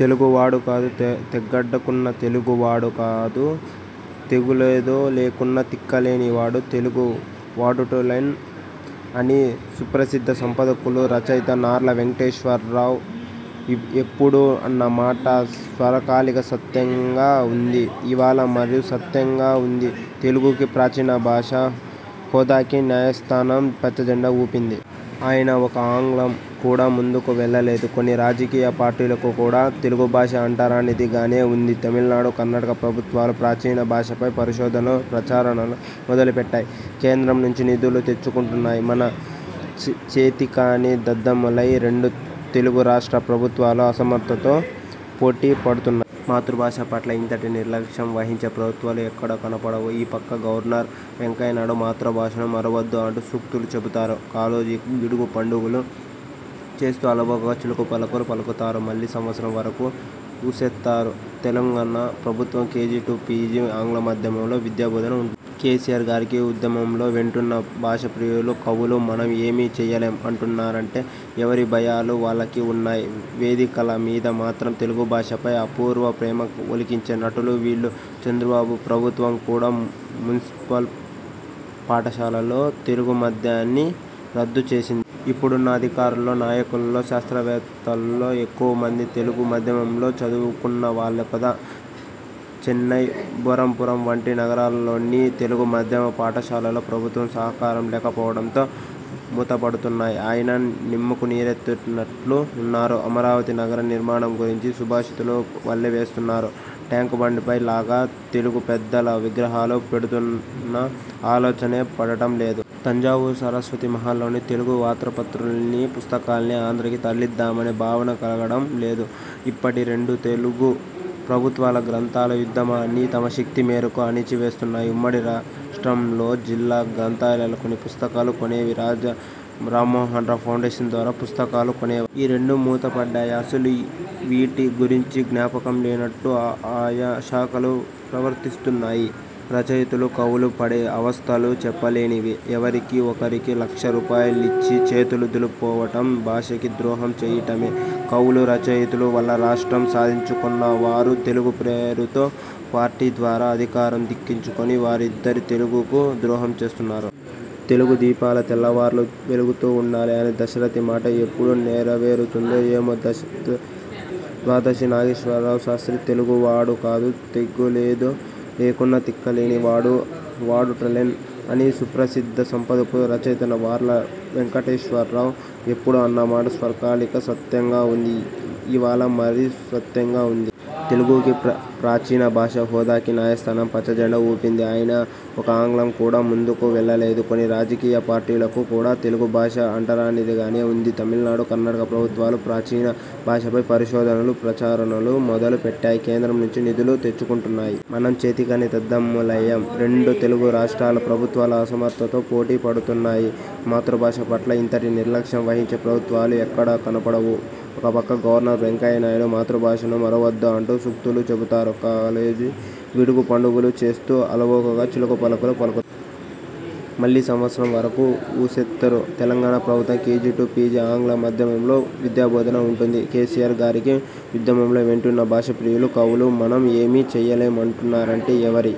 తెలుగు వాడు కాదు తె తెగడ్డకున్న తెలుగు వాడు కాదు తెగులేదొ లేకున్న తిక్కలేని వాడు తెలుగు వాడెటులౌను! '' అని సుప్రసిద్ధ సంపాదకులు, రచయిత నార్ల వెంకటేశ్వరరావు ఎప్పుడో అన్నమాట సార్వకాలిక సత్యంగా వుంది ఇవాళ మరీ సత్యంగా వుంది. తెలుగుకి ప్రాచీన భాష హోదాకి న్యాయస్థానం పచ్చజెండా ఊపింది. అయినా ఒక్క ఆంగ్లం కూడా ముందుకు వెళ్ళలేదు. కొన్ని రాజకీయ పార్టీలకు కూడా తెలుగు భాష అంటరానిది గానే వుంది. తమిళనాడు, కర్ణాటక ప్రభుత్వాలు ప్రాచీన భాషపై పరిశోధనలు, ప్రచరణలు మొదలుపెట్టాయి. కేంద్రం నుంచి నిధులు తెచ్చుకుంటున్నాయి. మనం చేతకాని దద్దమ్మలయ్యాం. రెండు తెలుగు రాష్ట్ర ప్రభుత్వాలు అసమర్థతలో పోటీ పడుతున్నా మాతృభాష పట్ల ఇంతటి నిర్లక్ష్యం వహించే ప్రభుత్వాలు ఎక్కడా కనపడవు. ఈ పక్క గవర్నర్, వెంకయ్య నాయుడు మాతృభాషను మరువొద్దు అంటూ సూక్తులు చెబుతారు. కాళోజీ, గిడుగు పండగలు చేస్తూ అలవోకగా చిలుక పలుకులు పలుకుతారు. మళ్ళీ సంవత్సరం వరకు ఊసెత్తరు. తెలంగాణ ప్రభుత్వం కేజీ టు పీజీ ఆంగ్ల మాధ్యమంలో విద్యాబోధన అంటుంది. కేసీఆర్ గారికి ఉద్యమంలో వెంటున్న భాషా ప్రియులు, కవులు 'మనం ఏమీ చెయ్యలేం' అంటున్నారంటే ఎవరి భయాలు వాళ్ళకి వున్నాయి. వేదికల మీద మాత్రం తెలుగు భాషపై అపూర్వ ప్రేమ ఒలికించే నటులు వీళ్ళు! చంద్రబాబు ప్రభుత్వం కూడా మునిసిపల్ పాఠశాలల్లో తెలుగు మాధ్యన్ని రద్దు చేసిం ఇప్పుడున్న అధికారుల్లో, నాయకుల్లో, శాస్త్రవేత్తల్లో ఎక్కువమంది తెలుగు మాధ్యమంలో చదువుకున్న వాళ్ళు కాదా? చెన్నై, బరంపురం వంటి నగరాల్లోని తెలుగు మాధ్యమ పాఠశాలలు ప్రభుత్వ సహకారం లేకపోవడంతో మూతపడుతున్నాయి. అయినా నిమ్మకు నీరెత్తినట్లు ఉన్నారు. అమరావతి నగర నిర్మాణం గురించి సుభాషితాలు వల్లె వేస్తున్నవారు ట్యాంక్బండ్పై లాగా తెలుగు పెద్దల విగ్రహాలు పెడుతున్న ఆలోచనే పుట్టడం లేదు. తంజావూరు సరస్వతీ మహల్లోని తెలుగు వ్రాతప్రతుల్ని, పుస్తకాల్ని ఆంధ్రాకి తరలిద్దామనే భావనే కలగడంలేదు. ఇప్పటి రెండు తెలుగు ప్రభుత్వాలు గ్రంథాల యోద్యమాన్ని తమ శక్తి మేరకు అణచి వేస్తున్నాయి. ఉమ్మడి రాష్ట్రంలో జిల్లా గ్రంథాలయాలు కొన్ని పుస్తకాలు కొనేవి. రాజా రామ్మోహన్రాయ్ ఫౌండేషన్ ద్వారా పుస్తకాలు కొనే ఈ రెండూ మూతపడ్డాయి. అసలు వీటి గురించి జ్ఞాపకం లేనట్టు ఆ ఆయా శాఖలూ ప్రవర్తిస్తున్నాయి. రచయితలు, కవులు పడే అవస్థలు చెప్పలేనివి. ఎవరికి ఒకరికి లక్ష రూపాయలిచ్చి చేతులు దులుపుకోవటం భాషకి ద్రోహం చెయ్యటమే. కవులు, రచయితల వల్ల రాష్ట్రం సాధించుకున్న వారూ, తెలుగు పేరుతో పార్టీ ద్వారా అధికారం దక్కించుకున్న వారూ ఇద్దరూ తెలుగుకు ద్రోహం చేస్తున్నారు. 'తెలుగు దీపాలు తెల్లవార్లూ వెలుగుతుండాలి' అన్న దాశరథి మాట ఎప్పుడు నెరవేరుతుందో ఏమో! దశ ద్వాదశి నాగేశ్వర శాస్త్రి తెలుగువాడు కాదు తెగులేదొ లేకున్న తిక్కలేని వాడు తెలుగు వాడెటులౌను! '' అని సుప్రసిద్ధ సంపాదకులు, రచయిత నార్ల వెంకటేశ్వరరావు ఎప్పుడో అన్నమాట సార్వకాలిక సత్యంగా వుంది ఇవాళ మరీ సత్యంగా వుంది. తెలుగుకి ప్రాచీన భాష హోదాకి న్యాయస్థానం పచ్చజెండా ఊపింది. అయినా ఒక్క అంగుళం కూడా ముందుకు వెళ్ళలేదు. కొన్ని రాజకీయ పార్టీలకు కూడా తెలుగు భాష అంటరానిదిగానే వుంది. తమిళనాడు, కర్ణాటక ప్రభుత్వాలు ప్రాచీన భాషపై పరిశోధనలు, ప్రచురణలు మొదలు పెట్టాయి. కేంద్రం నుంచి నిధులు తెచ్చుకుంటున్నాయి. మనం చేతకాని దద్దమ్మలయ్యాం. రెండు తెలుగు రాష్ట్ర ప్రభుత్వాలు అసమర్థతలో పోటీ పడుతున్నాయి. మాతృభాష పట్ల ఇంతటి నిర్లక్ష్యం వహించే ప్రభుత్వాలు ఎక్కడా కనపడవు. ఒక పక్క గవర్నర్, వెంకయ్య నాయుడు మాతృభాషను మరువొద్దు అంటూ సూక్తులు చెబుతారు. కాలేజీ, గిడుగు పండగలు చేస్తూ అలవోకగా చిలుక పలుకులు పలుకు మళ్ళీ సంవత్సరం వరకు ఊసెత్తరు. తెలంగాణ ప్రభుత్వం కేజీ టు పీజీ ఆంగ్ల మాధ్యమంలో విద్యాబోధన అంటుంది. కేసీఆర్ గారికి ఉద్యమంలో వెంటవున్న భాషా ప్రియులు, కవులు 'మనం ఏమీ చెయ్యలేం' అంటున్నారంటే ఎవరి